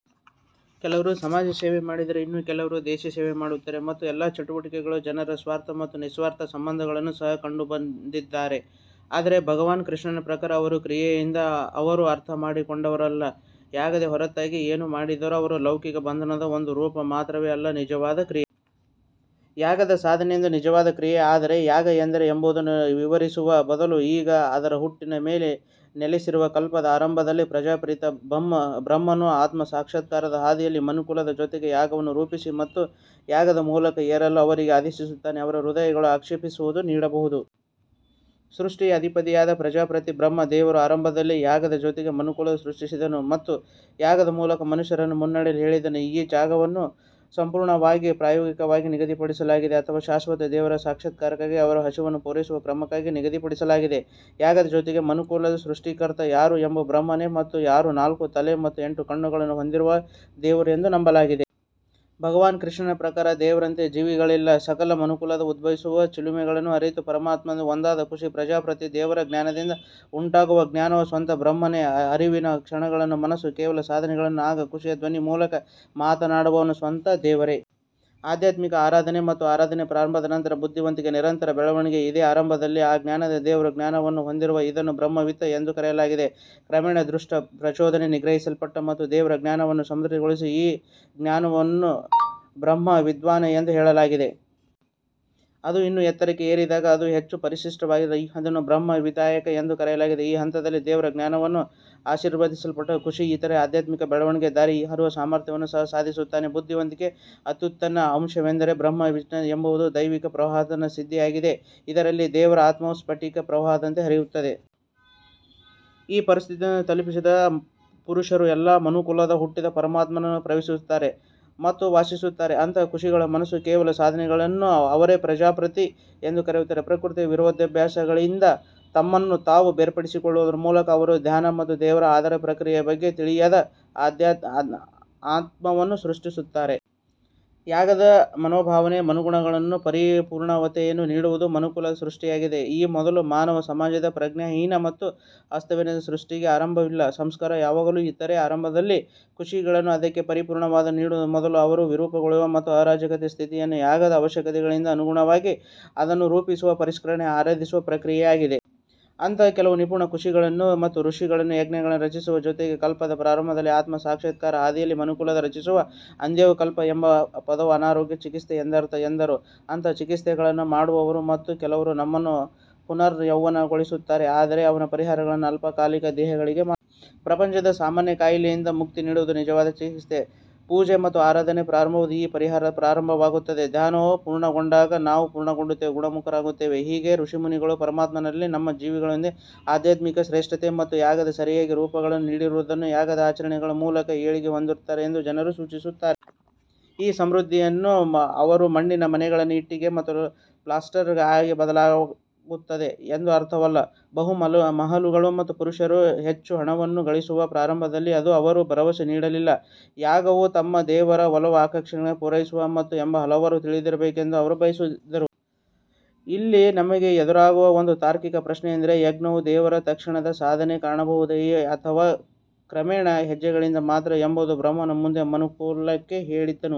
ಕೆಲವರು ಸಮಾಜ ಸೇವೆ ಮಾಡಿದರೆ ಇನ್ನು ಕೆಲವರು ದೇಶ ಸೇವೆ ಮಾಡುತ್ತಾರೆ ಮತ್ತು ಈ ಎಲ್ಲಾ ಚಟುವಟಿಕೆಗಳಿಗೆ ಜನರು ಸ್ವಾರ್ಥ ಮತ್ತು ನಿಸ್ವಾರ್ಥತೆಯ ಸಂದರ್ಭಗಳನ್ನು ಸಹ ಕಂಡುಹಿಡಿದಿದ್ದಾರೆ ಆದರೆ ಭಗವಾನ್ ಕೃಷ್ಣನ ಪ್ರಕಾರ ಅವರು ಕ್ರಿಯೆಯಿಂದ ಅವರು ಅರ್ಥಮಾಡಿಕೊಂಡವರಲ್ಲ. ಯಾಗದ ಹೊರತಾಗಿ ಏನು ಮಾಡಿದರೂ ಅದು ಲೌಕಿಕ ಬಂಧನದ ಒಂದು ರೂಪ ಮಾತ್ರವೇ ಅಲ್ಲ ನಿಜವಾದ ಕ್ರಿಯೆ. ಯಾಗದ ಸಾಧನೆಯೊಂದೇ ನಿಜವಾದ ಕ್ರಿಯೆ ಆದರೆ ಯಾಗ ಎಂದರೇನು ಎಂಬುದನ್ನು ವಿವರಿಸುವ ಬದಲು ಈಗ ಅದರ ಹುಟ್ಟಿನ ಮೇಲೆ ನೆಲೆಸಿದ್ದಾರೆ. ಕಲ್ಪದ ಆರಂಭದಲ್ಲಿ ಪ್ರಜಾಪಿತ ಬ್ರಹ್ಮನು ಆತ್ಮ ಸಾಕ್ಷಾತ್ಕಾರದ ಹಾದಿಯು ಮನುಕುಲದ ಜೊತೆಗೆ ಯಾಗವನ್ನು ರೂಪಿಸಿದನು ಮತ್ತು ಯಾಗದ ಮೂಲಕ ಏರಲು ಅವರಿಗೆ ಆದೇಶಿಸಿದನು ಅದು ಅವರ ಹೃದಯಗಳು ಅಪೇಕ್ಷಿಸುವುದನ್ನು ನೀಡಬಹುದು. ಸೃಷ್ಟಿಯ ಅಧಿಪತಿಯಾದ ಪ್ರಜಾಪತಿ ಬ್ರಹ್ಮ ದೇವರು ಆರಂಭದಲ್ಲಿ ಯಾಗದ ಜೊತೆಗೆ ಮನುಕುಲವನ್ನು ಸೃಷ್ಟಿಸಿದನು ಮತ್ತು ಯಾಗದ ಮೂಲಕ ಮನುಷ್ಯರನ್ನು ಮುನ್ನಡೆಯಲು ಹೇಳಿದನು. ಈ ಯಾಗವನ್ನು ಸಂಪೂರ್ಣವಾಗಿ ಪ್ರಾಯೋಜಕವಾಗಿ ನಿಗದಿಪಡಿಸಲಾಗಿದೆ ಅಥವಾ ಶಾಶ್ವತ ದೇವರ ಸಾಕ್ಷಾತ್ಕಾರಕ್ಕಾಗಿ ಅವರ ಹಸಿವನ್ನು ಪೂರೈಸುವ ಕ್ರಮವಾಗಿ ನಿಗದಿಪಡಿಸಲಾಗಿದೆ. ಯಾಗದ ಜೊತೆಗೆ ಮನುಕುಲದ ಸೃಷ್ಟಿಕರ್ತ ಯಾರು ಅದು ಬ್ರಹ್ಮನೇ ಮತ್ತು ಅವನು ಯಾರು ನಾಲ್ಕು ತಲೆ ಮತ್ತು ಎಂಟು ಕಣ್ಣುಗಳನ್ನು ಹೊಂದಿರುವ ದೇವರು ಎಂದು ನಂಬಲಾಗಿದೆ. ಭಗವಾನ್ ಕೃಷ್ಣನ ಪ್ರಕಾರ ದೇವರಂತೆ ಜೀವಿಗಳಿಲ್ಲ. ಸಕಲ ಮನುಕುಲವು ಉದ್ಭವಿಸಿದ ಚಿಲುಮೆಯನ್ನು ಅರಿತು ಪರಮಾತ್ಮನೊಂದಿಗೆ ಒಂದಾದ ಋಷಿ ಪ್ರಜಾಪತಿ. ದೇವರ ಜ್ಞಾನದಿಂದ ಉಂಟಾಗುವ ಜ್ಞಾನವು ಸ್ವತಃ ಬ್ರಹ್ಮವಾಗಿದೆ. ಈ ಅರಿವಿನ ಕ್ಷಣದಲ್ಲಿ ಮನಸ್ಸು ಕೇವಲ ಸಾಧನವಾಗುತ್ತದೆ. ಆಗ ಋಷಿಯ ಧ್ವನಿಯ ಮೂಲಕ ಮಾತನಾಡುವವನು ಸ್ವತಃ ದೇವರೇ. ಆಧ್ಯಾತ್ಮಿಕ ಆರಾಧನೆ ಅಥವಾ ಆರಾಧನೆಯ ಪ್ರಾರಂಭದ ನಂತರ ಬುದ್ಧಿವಂತಿಕೆಯ ನಿರಂತರ ಬೆಳವಣಿಗೆ ಇದೆ. ಆರಂಭದಲ್ಲಿ ಈ ಜ್ಞಾನವು ದೇವರ ಜ್ಞಾನವನ್ನು ಹೊಂದಿರುವುದರಿಂದ ಇದನ್ನು ಬ್ರಹ್ಮವಿತ್ ಎಂದು ಕರೆಯಲಾಗುತ್ತದೆ. ಕ್ರಮೇಣ ದುಷ್ಟ ಪ್ರಚೋದನೆಗಳು ನಿಗ್ರಹಿಸಲ್ಪಟ್ಟಂತೆ ಮತ್ತು ದೇವರ ಜ್ಞಾನವನ್ನು ಸಮೃದ್ಧಗೊಳಿಸಿದಾಗ ಈ ಜ್ಞಾನವನ್ನು ಬ್ರಹ್ಮವಿದ್ವಾರ್ ಎಂದು ಹೇಳಲಾಗುತ್ತದೆ. ಅದು ಇನ್ನೂ ಎತ್ತರಕ್ಕೆ ಏರಿದಾಗ ಮತ್ತು ಹೆಚ್ಚು ಪರಿಷ್ಕೃತವಾಗುವುದರಿಂದ ಇದನ್ನು ಬ್ರಹ್ಮವಿದ್ವಾರಿಯನ್ ಎಂದು ಕರೆಯಲಾಗುತ್ತದೆ. ಈ ಹಂತದಲ್ಲಿ ದೇವರ ಜ್ಞಾನದಿಂದ ಆಶೀರ್ವದಿಸಲ್ಪಟ್ಟ ಋಷಿ ಇತರರನ್ನು ಆಧ್ಯಾತ್ಮಿಕ ಬೆಳವಣಿಗೆಯ ದಾರಿಗೆ ತರುವ ಸಾಮರ್ಥ್ಯವನ್ನು ಸಹ ಸಾಧಿಸುತ್ತಾನೆ. ಬುದ್ಧಿವಂತಿಕೆಯ ಅತ್ಯುನ್ನತ ಅಂಶವೆಂದರೆ ಬ್ರಹ್ಮವಿದ್ವಾರಿಷ್ಟ್ ಎಂಬುದು ದೈವಿಕ ಪ್ರವಾಹದ ಸ್ಥಿತಿಯಾಗಿದ್ದು ಇದರಲ್ಲಿ ದೇವರ ಆತ್ಮವು ಸ್ಫಟಿಕ ಪ್ರವಾಹದಂತೆ ಹರಿಯುತ್ತದೆ. ಈ ಸ್ಥಿತಿಯನ್ನು ತಲುಪಿದ ಪುರುಷರು ಎಲ್ಲ ಮಾನವಕುಲವು ಹುಟ್ಟಿದ ಪರಮಾತ್ಮನನ್ನು ಪ್ರವೇಶಿಸುತ್ತಾರೆ ಮತ್ತು ವಾಸಿಸುತ್ತಾರೆ. ಅಂತಹ ಋಷಿಗಳ ಮನಸ್ಸು ಕೇವಲ ಸಾಧನವಾಗಿದೆ ಮತ್ತು ಅವರೇ ಪ್ರಜಾಪತಿ ಎಂದು ಕರೆಯುತ್ತಾರೆ. ಪ್ರಕೃತಿಯ ವಿರೋಧಾಭಾಸಗಳಿಂದ ತಮ್ಮನ್ನು ತಾವು ಬೇರ್ಪಡಿಸಿಕೊಳ್ಳುವ ಮೂಲಕ ಅವರು ಧ್ಯಾನ ಅಥವಾ ದೇವರ ಆರಾಧನೆಯ ಪ್ರಕ್ರಿಯೆಯ ಬಗ್ಗೆ ಇನ್ನೂ ತಿಳಿಯದ ಆತ್ಮವನ್ನು ಸೃಷ್ಟಿಸುತ್ತಾರೆ. ಯಾಗದ ಮನೋಭಾವಕ್ಕೆ ಅನುಗುಣವಾಗಿ ಪರಿಪೂರ್ಣತೆಯನ್ನು ನೀಡುವುದು ಮನುಕುಲದ ಸೃಷ್ಟಿಯಾಗಿದೆ. ಈ ಮೊದಲು ಮಾನವ ಸಮಾಜವು ಪ್ರಜ್ಞಾಹೀನ ಮತ್ತು ಅಸ್ತವ್ಯಸ್ತವಾಗಿದೆ. ಸೃಷ್ಟಿಗೆ ಆರಂಭವಿಲ್ಲ. ಸಂಸ್ಕಾರ ಯಾವಾಗಲೂ ಇತ್ತು ಆದರೆ ಋಷಿಗಳು ಅದಕ್ಕೆ ಪರಿಪೂರ್ಣತೆಯನ್ನು ನೀಡುವ ಮೊದಲು ಅದು ವಿರೂಪಗೊಂಡಿತು ಮತ್ತು ಅರಾಜಕತೆಯ ಸ್ಥಿತಿಯಲ್ಲಿತ್ತು. ಯಾಗದ ಅವಶ್ಯಕತೆಗಳಿಗೆ ಅನುಗುಣವಾಗಿ ಅದನ್ನು ರೂಪಿಸುವುದು ಪರಿಷ್ಕರಿಸುವ ಮತ್ತು ಆರಾಧಿಸುವ ಕ್ರಿಯೆಯಾಗಿದೆ. ಅಂತಹ ಕೆಲವು ನಿಪುಣ ಋಷಿಗಳು ಅಥವಾ ಋಷಿಗಳು ಯಜ್ಞವನ್ನು ರಚಿಸುವುದರ ಜೊತೆಗೆ ಕಲ್ಪದ ಪ್ರಾರಂಭದಲ್ಲಿ ಆತ್ಮ ಸಾಕ್ಷಾತ್ಕಾರದ ಹಾದಿಯಲ್ಲಿ ಮನುಕುಲವನ್ನು ರಚಿಸಿದರು. ಆದಾಗ್ಯೂ ಕಲ್ಪ್ ಎಂಬ ಪದವು ಅನಾರೋಗ್ಯದ ಚಿಕಿತ್ಸೆ ಎಂದರ್ಥ. ವೈದ್ಯರು ಅಂತಹ ಚಿಕಿತ್ಸೆಗಳನ್ನು ಮಾಡುತ್ತಾರೆ ಮತ್ತು ಕೆಲವರು ನಮ್ಮನ್ನು ಪುನರ್ಯೌವನಗೊಳಿಸುತ್ತಾರೆ ಆದರೆ ಅವರ ಪರಿಹಾರಗಳು ಅಲ್ಪಕಾಲಿಕ ದೇಹಗಳಿಗೆ ಮಾತ್ರ. ಪ್ರಪಂಚದ ಸಾಮಾನ್ಯ ಕಾಯಿಲೆಯಿಂದ ಮುಕ್ತಿ ನೀಡುವುದೇ ನಿಜವಾದ ಚಿಕಿತ್ಸೆ. ಪೂಜೆ ಅಥವಾ ಆರಾಧನೆಯ ಪ್ರಾರಂಭವು ಈ ಪರಿಹಾರದ ಪ್ರಾರಂಭವಾಗಿದೆ. ಧ್ಯಾನವು ಪೂರ್ಣಗೊಂಡಾಗ ನಾವು ಸಂಪೂರ್ಣವಾಗಿ ಗುಣಮುಖರಾಗುತ್ತೇವೆ. ಹೀಗೆ ಋಷಿಮುನಿಗಳು ಪರಮಾತ್ಮನಲ್ಲಿ ತಮ್ಮ ಜೀವಿಗಳೊಂದಿಗೆ ಆಧ್ಯಾತ್ಮಿಕ ಶ್ರೇಷ್ಠತೆ ಮತ್ತು ಯಾಗಕ್ಕೆ ಸರಿಯಾದ ರೂಪವನ್ನು ನೀಡಿದರು ಮತ್ತು ಯಾಗದ ಆಚರಣೆಯ ಮೂಲಕ ಅವರು ಏಳಿಗೆ ಹೊಂದುತ್ತಾರೆ ಎಂದು ಜನರಿಗೆ ಸೂಚಿಸಿದರು. ಈ ಸಮೃದ್ಧಿಯಿಂದ ಅವರು ಮಣ್ಣಿನ ಮನೆಗಳು ಇಟ್ಟಿಗೆ ಮತ್ತು ಪ್ಲಾಸ್ಟರ್ ಆಗಿ ಬದಲಾಗುತ್ತವೆ ಎಂದು ಅರ್ಥವಲ್ಲ. ಮಹಲುಗಳು ಪುರುಷರು ಹೆಚ್ಚು ಹಣವನ್ನು ಗಳಿಸಲು ಪ್ರಾರಂಭಿಸುತ್ತಾರೆ ಎಂದು ಅವರು ಭರವಸೆ ನೀಡಲಿಲ್ಲ. ಯಾಗವು ತಮ್ಮ ದೇವರ ಒಲವು ಆಕಾಂಕ್ಷೆಗಳನ್ನು ಪೂರೈಸುತ್ತದೆ ಎಂದು ಪುರುಷರು ತಿಳಿದುಕೊಳ್ಳಬೇಕೆಂದು ಅವರು ಬಯಸಿದರು. ಇಲ್ಲಿ ನಮಗೆ ಎದುರಾಗುವ ಒಂದು ತಾರ್ಕಿಕ ಪ್ರಶ್ನೆಯೆಂದರೆ ಯಜ್ಞವು ದೇವರ ತಕ್ಷಣದ ಸಾಧನೆಗೆ ಕಾರಣವಾಗುತ್ತದೆಯೇ ಅಥವಾ ಕ್ರಮೇಣ ಹೆಜ್ಜೆಗಳಿಂದ ಮಾತ್ರವೇ ಎಂಬುದು. ಬ್ರಹ್ಮನು ಮುಂದೆ ಮನುಕುಲಕ್ಕೆ ಹೇಳಿದನು.